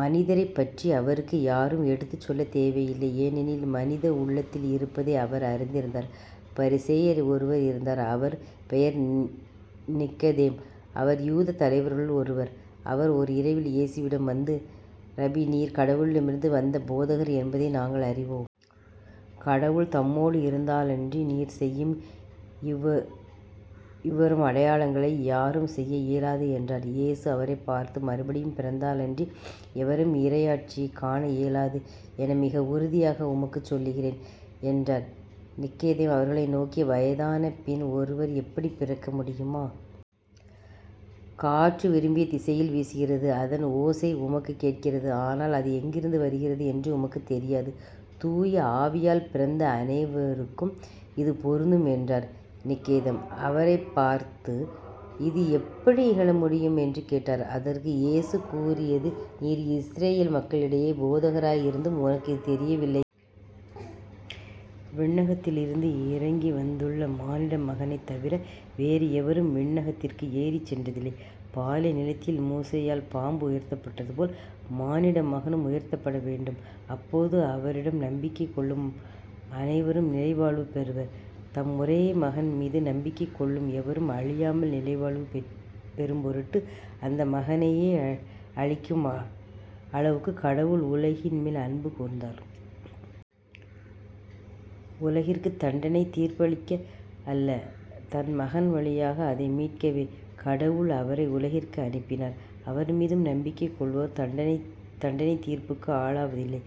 மனிதரைப் பற்றி அவருக்கு யாரும் எடுத்துச் சொல்லத் தேவையில்லை. ஏனெனில் மனித உள்ளத்தில் இருப்பதை அவர் அறிந்திருந்தார். பரிசேயர் ஒருவர் இருந்தார் அவர் பெயர் நிக்கதேம். அவர் யூதத் தலைவர்களுள் ஒருவர். அவர் ஓர் இரவில் இயேசுவிடம் வந்து ரபி நீர் கடவுளிடமிருந்து வந்த போதகர் என்பதை நாங்கள் அறிவோம். கடவுள் தம்மோடு இருந்தாலன்றி நீர் செய்யும் இவ்வரும் அடையாளங்களை யாரும் செய்ய இயலாது என்றார். இயேசு அவரைப் பார்த்து மறுபடியும் பிறந்தாலன்றி எவரும் இறையாட்சியைக் காண இயலாது என மிக உறுதியாக உமக்குச் சொல்லுகிறேன் என்றார். நிக்கதேம் அவரைநோக்கி வயதானபின் ஒருவர் எப்படிப் பிறக்க முடியுமா? காற்று விரும்பிய திசையில் வீசுகிறது. அதன் ஓசை உமக்குக் கேட்கிறது. ஆனால் அது எங்கிருந்து வருகிறது என்றும் உமக்குத் தெரியாது. தூய ஆவியால் பிறந்த அனைவருக்கும் இது பொருந்தும் என்றார். நிக்கதேம் அவரைப் பார்த்து இது எப்படி நிகழ முடியும்? என்று கேட்டார். அதற்கு இயேசு கூறியது நீர் இஸ்ரயேல் மக்களிடையே போதகராய் இருந்தும் உமக்கு இது தெரியவில்லை விண்ணகத்திலிருந்து இறங்கி வந்துள்ள மானிட மகனைத் தவிர வேறு எவரும் விண்ணகத்திற்கு ஏறிச் சென்றதில்லை. பாலைநிலத்தில் மோசேயால் பாம்பு உயர்த்தப்பட்டது போல மானிடமகனும் உயர்த்தப்பட வேண்டும். அப்போது அவரிடம் நம்பிக்கை கொள்ளும் அனைவரும் நிலைவாழ்வு பெறுவர். தம் ஒரே மகன் மீது நம்பிக்கை கொள்ளும் எவரும் அழியாமல் நிலைவாழ்வு பெறும் பொருட்டு அந்த மகனையே அளிக்கும் அளவுக்குக் கடவுள் உலகின்மேல் அன்பு கூர்ந்தார். உலகிற்குத் தண்டனைத் தீர்ப்பளிக்க அல்ல தம் மகன் வழியாக அதை மீட்கவே கடவுள் அவரை உலகிற்கு அனுப்பினார். அவர்மீது நம்பிக்கை கொள்வோர் தண்டனைத் தீர்ப்புக்கு ஆளாவதில்லை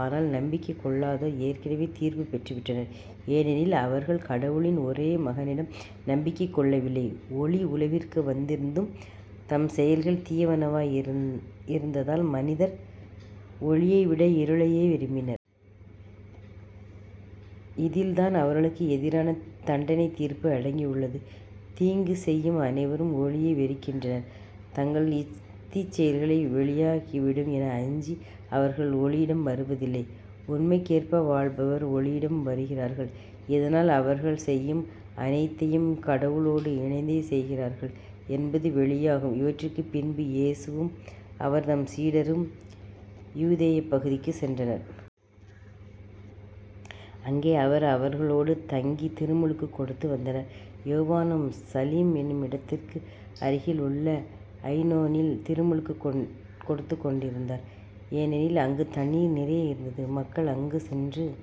ஆனால் நம்பிக்கை கொள்ளாதோர் ஏற்கெனவே தீர்ப்புப் பெற்றுவிட்டனர். ஏனெனில் அவர்கள் கடவுளின் ஒரே மகனிடம் நம்பிக்கை கொள்ளவில்லை. ஒளி உலகிற்கு வந்திருந்தும் தம் செயல்கள் தீயனவாய் இருந்ததால் மனிதர் ஒளியைவிட இருளையே விரும்பினர். இதில்தான் அவர்களுக்கு எதிரான தண்டனைத் தீர்ப்பு அடங்கியுள்ளது. தீங்கு செய்யும் அனைவரும் ஒளியை வெறுக்கின்றனர். தங்கள் தீச்செயல்கள் வெளியாகிவிடும் என அஞ்சி அவர்கள் ஒளியிடம் வருவதில்லை. உண்மைக்கேற்ப வாழ்பவர் ஒளியிடம் வருகிறார்கள். இதனால் அவர்கள் செய்யும் அனைத்தையும் கடவுளோடு இணைந்தே செய்கிறார்கள் என்பது வெளியாகும். இவற்றுக்குப் பின்பு இயேசுவும் அவர்தம் சீடரும் யூதேயப் பகுதிக்குச் சென்றனர். அங்கே அவர் அவர்களோடு தங்கித் திருமுழுக்குக் கொடுத்து வந்தார். யோவானும் சலீம் என்னும் இடத்துக்கு அருகில் உள்ள அயினோனில் திருமுழுக்குக் கொடுத்துக் கொண்டிருந்தார். ஏனெனில் அங்குத் தண்ணீர் நிறைய இருந்தது. மக்கள் அங்கு சென்று